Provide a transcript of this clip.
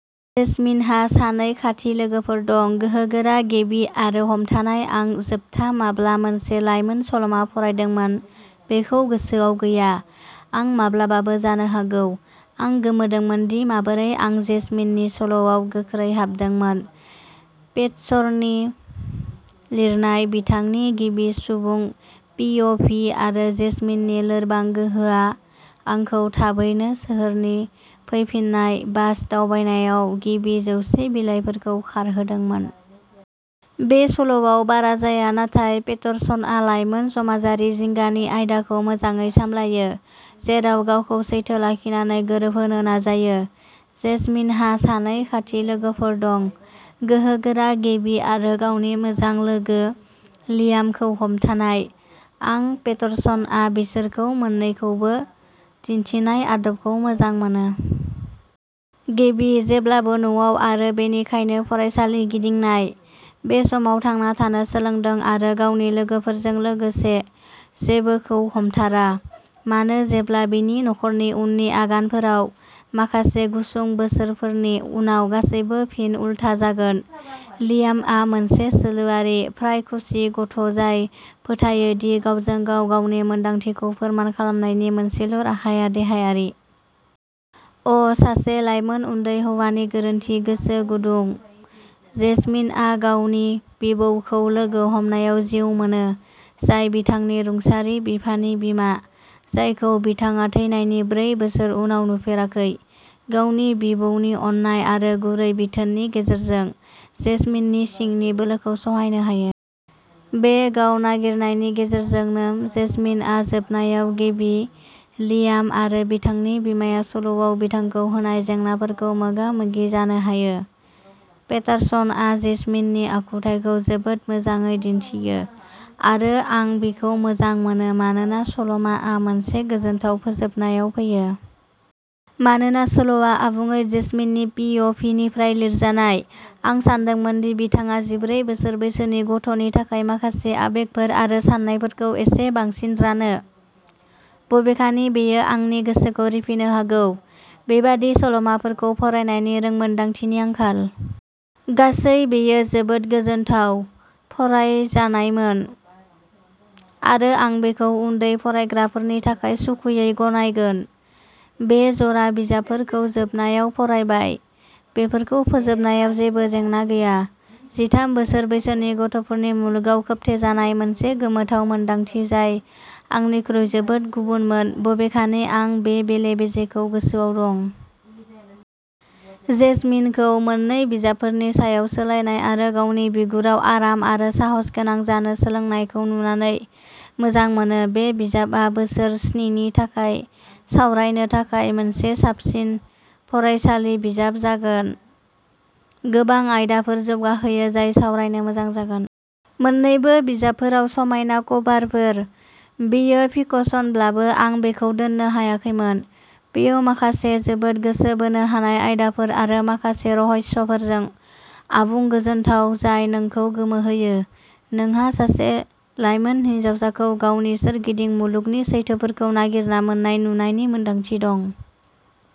जेजमिनहा सानै खाथि लोगोफोर दं, गोहोगोरा गेबी आरो हमथानाय आं जोबथा माब्ला मोनसे लाइमोन सल'मा फरायदोंमोन बेखौ गोसोआव गैया। आं माब्लाबाबो जानो हागौ। आं गोमोदोंमोनदि माबोरै आं जेजमिननि सल'आव गोख्रै हाबदोंमोन। पेटर्सननि लिरनाय, बिथांनि गिबि सुबुं पि अ भि आरो जेजमिननि लोरबां गोहोआ आंखौ थाबैनो सोहोरनि फैफिन्नाय बास दावबायनायाव गिबि जौसे बिलाइफोरखौ खारहोदोंमोन। बे सल'आव बारा जाया नाथाय पेटर्सनआ लाइमोन समाजारि जिंगानि आयदाखौ मोजाङै सामलायो, जेराव गावखौ सैथो लाखिनानै गोरोबहोनो नाजायो। जेजमिनहा सानै खाथि लोगोफोर दं, गोहोगोरा गेबी आरो गावनि मोजां लोगो लियामखौ हमथानाय। आं पेटर्सनआ बिसोरखौ मोन्नैखौबो दिन्थिनाय आदबखौ मोजां मोनो। गेबी, जेब्लाबो न'आव आरो बेनिखायनो फरायसालि गिदिंनाय, बे समाव थांना थानो सोलोंदों आरो गावनि लोगोफोरजों लोगोसे जेबोखौ हमथारा। मानो जेब्ला बिनि नखरनि उननि आगानफोराव माखासे गुसुं बोसोरफोरनि उनाव गासैबो फिन उलथा जागोन। लियामआ मोनसे सोलोआरि, फ्राय खुसि गथ'जाय फोथायो दि गावजों गाव गावनि मोनदांथिखौ फोरमान खालामनायनि मोनसेल' राहाया देहायारि। अ सासे लाइमोन उन्दै हौवानि गोरोन्थि गोसो गुदुं। जेजमिनआ गावनि बिबौखौ लोगो हमनायाव जिउ मोनो, जाय बिथांनि रुंसारि बिफानि बिमा, जायखौ बिथाङा थैनायनि ब्रै बोसोर उनाव नुफेराखै। गावनि बिबौनि अननाय आरो गुरै बिथोननि गेजेरजों, जेजमिननि सिंनि बोलोखौ सहायनो हायो। बे गाव-नागिरनायनि गेजेरजोंनो, जेजमिनआ जोबनायाव गेबी, लियाम आरो बिथांनि बिमाया सल'आव बिथांखौ होनाय जेंनाफोरखौ मोगा-मोगि जानो हायो। पेटारसनआ जेजमिननि आखुथाइखौ जोबोद मोजाङै दिन्थियो आरो आं बिखौ मोजां मोनो मानोना सल'माआ मोनसे गोजोनथाव फोजोबनायाव फैयो। मानोना सल'आ आबुङै जेजमिननि पि अ भि निफ्राय लिरजानाय, आं सानदोंमोन दि बिथाङा जिब्रै बोसोर बैसोनि गथ'नि थाखाय माखासे आबेगफोर आरो साननायफोरखौ एसे बांसिन रानो। बबेखानि, बेयो आंनि गोसोखौ रिफिनो हागौ। बेबादि सल'माफोरखौ फरायनायनि रोंमोनदांथिनि आंखाल। गासै, बेयो जोबोद गोजोनथाव फरायजानायमोन आरो आं बेखौ उन्दै फरायग्राफोरनि थाखाय सुखुयै गनायगोन। बे जरा बिजाबफोरखौ जोबनायाव फरायबाय। बेफोरखौ फोजोबनायाव जेबो जेंना गैया। जिथाम बोसोर बैसोनि गथ'फोरनि मुलुगाव खोबथेजानाय मोनसे गोमोथाव मोनदांथि जाय आंनिख्रुइ जोबोद गुबुनमोन-बबेखानि आं बे बेले-बेजेखौ गोसोआव दं। जेजमिनखौ मोन्नै बिजाबफोरनि सायाव सोलायनाय आरो गावनि बिगुराव आराम आरो साहसगोनां जानो सोलोंनायखौ नुनानै मोजां मोनो। बे बिजाबआ बोसोर स्नि नि थाखाय सावरायनो थाखाय मोनसे साबसिन फरायसालि बिजाब जागोन। गोबां आयदाफोर जौगाहोयो जाय सावरायनो मोजां जागोन। मोन्नैबो बिजाबफोराव समायना कभारफोर। बेयो फिकशनब्लाबो आं बेखौ दोननो हायाखैमोन। बेयाव माखासे जोबोद गोसो बोनो हानाय आयदाफोर आरो माखासे रहस्यफोरजों आबुं गोजोनथाव जाय नोंखौ गोमोहोयो। नोंहा सासे लाइमोन हिनजावसाखौ गावनि सोरगिदिं मुलुगनि सैथोफोरखौ नागिरना मोन्नाय नुनायनि मोनदांथि दं।